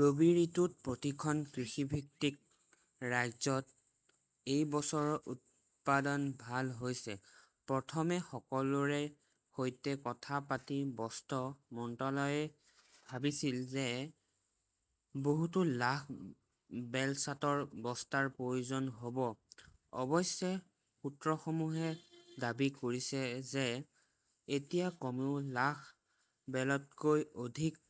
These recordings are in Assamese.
ৰবি ঋতুত প্ৰতিখন কৃষিভিত্তিক ৰাজ্যত এই বছৰ উৎপাদন ভাল হৈছে। প্ৰথমে সকলোৰে সৈতে কথা পাতি বস্ত্ৰ মন্ত্ৰালয়ে ভাবিছিল যে বহুতো লাখ বেল চাটৰ বস্তাৰ প্ৰয়োজন হ 'ব। অৱশ্যে সূত্ৰসমূহে দাবী কৰিছে যে এতিয়া কমেও লাখ বেলতকৈ অধিক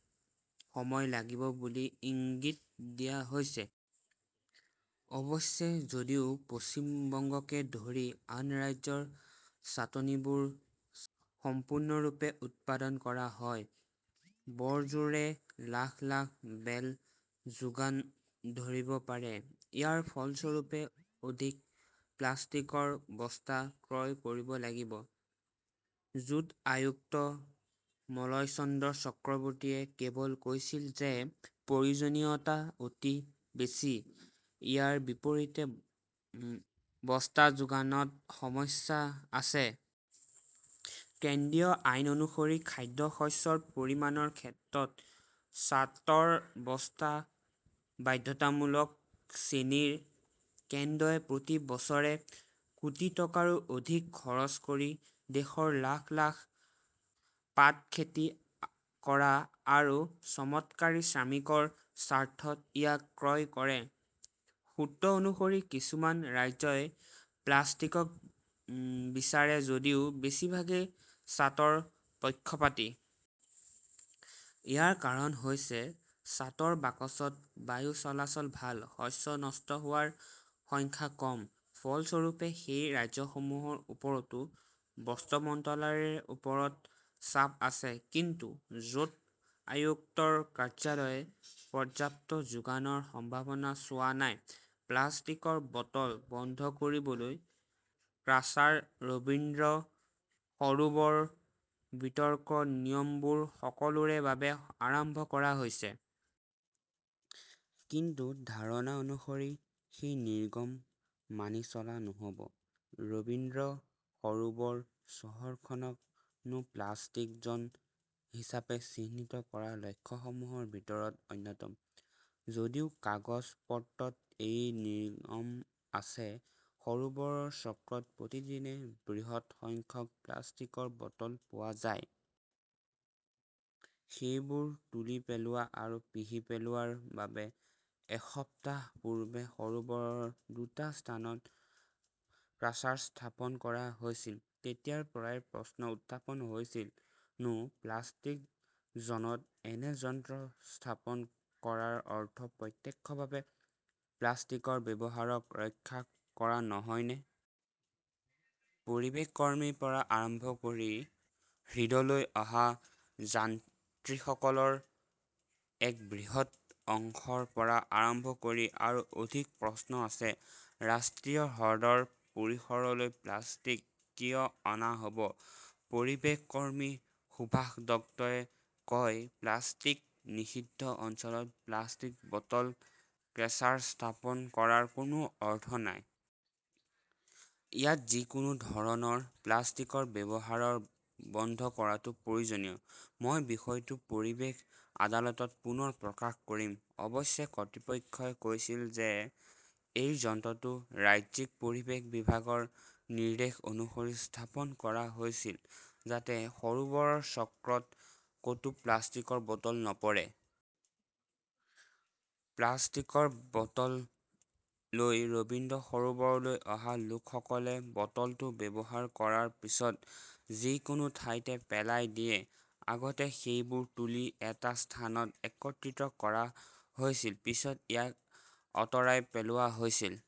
সময় লাগিব বুলি ইংগিত দিয়া হৈছে। অৱশ্যে যদিও পশ্চিম বংগকে ধৰি আন ৰাজ্যৰ চাটনিবোৰ সম্পূৰ্ণৰূপে উৎপাদন কৰা হয়। বৰজোৰে লাখ -লাখ বেল যোগান ধৰিব পাৰে। ইয়াৰ ফলস্বৰূপে অধিক প্লাষ্টিকৰ বস্তা ক্ৰয় কৰিব লাগিব। জুট আয়ুক্ত মলয়চন্দ্ৰ চক্ৰৱৰ্তীয়ে কেৱল কৈছিল যে প্ৰয়োজনীয়তা অতি বেছি ইয়াৰ বিপৰীতে বস্তা যোগানত সমস্যা আছে। কেন্দ্ৰীয় আইন অনুসৰি খাদ্য, শস্যৰ পৰিমাণৰ ক্ষেত্ৰত চাটৰ বস্তা বাধ্যতামূলক চেনিৰ। কেন্দ্ৰই প্ৰতি বছৰে কোটি টকাৰো অধিক খৰচ কৰি দেশৰ লাখ -লাখ পাট খেতি কৰা আৰু চমৎকাৰী শ্ৰমিকৰ স্বাৰ্থত ইয়াক ক্ৰয় কৰে। সূত্ৰ অনুসৰি কিছুমান ৰাজ্যই প্লাষ্টিক বিচাৰে যদিও বেছিভাগেই চাটৰ পক্ষপাতী। ইয়াৰ কাৰণ হৈছে চাটৰ বাকচত বায়ু চলাচল ভাল। শস্য নষ্ট হোৱাৰ সংখ্যা কম। ফলস্বৰূপে, সেই ৰাজ্যসমূহৰ ওপৰতো বস্ত্ৰ মন্ত্ৰালয়ৰ ওপৰত চাপ আছে। কিন্তু জুট আয়ুক্তৰ কাৰ্যালয়ে পৰ্যাপ্ত যোগানৰ সম্ভাৱনা চোৱা নাই। প্লাষ্টিকৰ বটল বন্ধ কৰিবলৈ ক্ৰাছাৰ ৰবীন্দ্ৰ সৰোবৰ বিতৰ্ক নিয়মবোৰ সকলোৰে বাবে আৰম্ভ কৰা হৈছে। কিন্তু ধাৰণা অনুসৰি সেই নিয়ম মানি চলা নহ'ব। ৰবীন্দ্ৰ সৰোবৰ চহৰখনক নো প্লাষ্টিক জ'ন হিচাপে চিহ্নিত কৰা লক্ষ্যসমূহৰ ভিতৰত অন্যতম। যদিও কাগজ-পত্ৰত এই নিয়ম আছে, সৰোবৰ চক্ৰত প্ৰতিদিনে বৃহৎ সংখ্যক প্লাষ্টিকৰ বটল পোৱা যায়। সেইবোৰ তুলি পেলোৱা আৰু পিহি পেলোৱাৰ বাবে এসপ্তাহ পূৰ্বে সৰোবৰৰ দুটা স্থানত ক্ৰাছাৰ স্থাপন কৰা হৈছিল। তেতিয়াৰ পৰাই প্ৰশ্ন উত্থাপন হৈছিল নো প্লাষ্টিক জ'নত এনে যন্ত্ৰ স্থাপন কৰাৰ অৰ্থ প্ৰত্যক্ষভাৱে প্লাষ্টিকৰ ব্যৱহাৰক ৰক্ষা কৰা নহয়নে? পৰিৱেশ কৰ্মীৰ পৰা আৰম্ভ কৰি হৃদলৈ অহা যান্তীসকলৰ এক বৃহৎ অংশৰ পৰা আৰম্ভ কৰি আৰু অধিক প্ৰশ্ন আছে, ৰাষ্ট্ৰীয় হ্ৰদৰ পৰিসৰলৈ প্লাষ্টিক কিয় অনা হ 'ব? পৰিৱেশ কৰ্মী সুভাষ দত্তই কয়, প্লাষ্টিক নিষিদ্ধ অঞ্চলত প্লাষ্টিক বটল ক্ৰেচাৰ স্থাপন কৰাৰ কোনো অৰ্থ নাই। ইয়াত যিকোনো ধৰণৰ প্লাষ্টিকৰ ব্যৱহাৰ বন্ধ কৰাটো প্ৰয়োজনীয়। মই বিষয়টো পৰিৱেশ আদালতত পুনৰ প্ৰকাশ কৰিম। অৱশ্যে কৰ্তৃপক্ষই কৈছিল যে এই যন্ত্ৰটো ৰাজ্যিক পৰিৱেশ বিভাগৰ নিৰ্দেশ অনুসৰি স্থাপন কৰা হৈছিল যাতে সৰোবৰ চক্ৰত ক'তো প্লাষ্টিকৰ বটল নপৰে। প্লাষ্টিকৰ বটল লৈ ৰবীন্দ্ৰ সৰোবৰলৈ অহা লোকসকলে বটলটো ব্যৱহাৰ কৰাৰ পিছত যিকোনো ঠাইতে পেলাই দিয়ে। আগতে সেইবোৰ তুলি এটা স্থানত একত্ৰিত কৰা হৈছিল। পিছত ইয়াক অতৰাই পেলোৱা হৈছিল।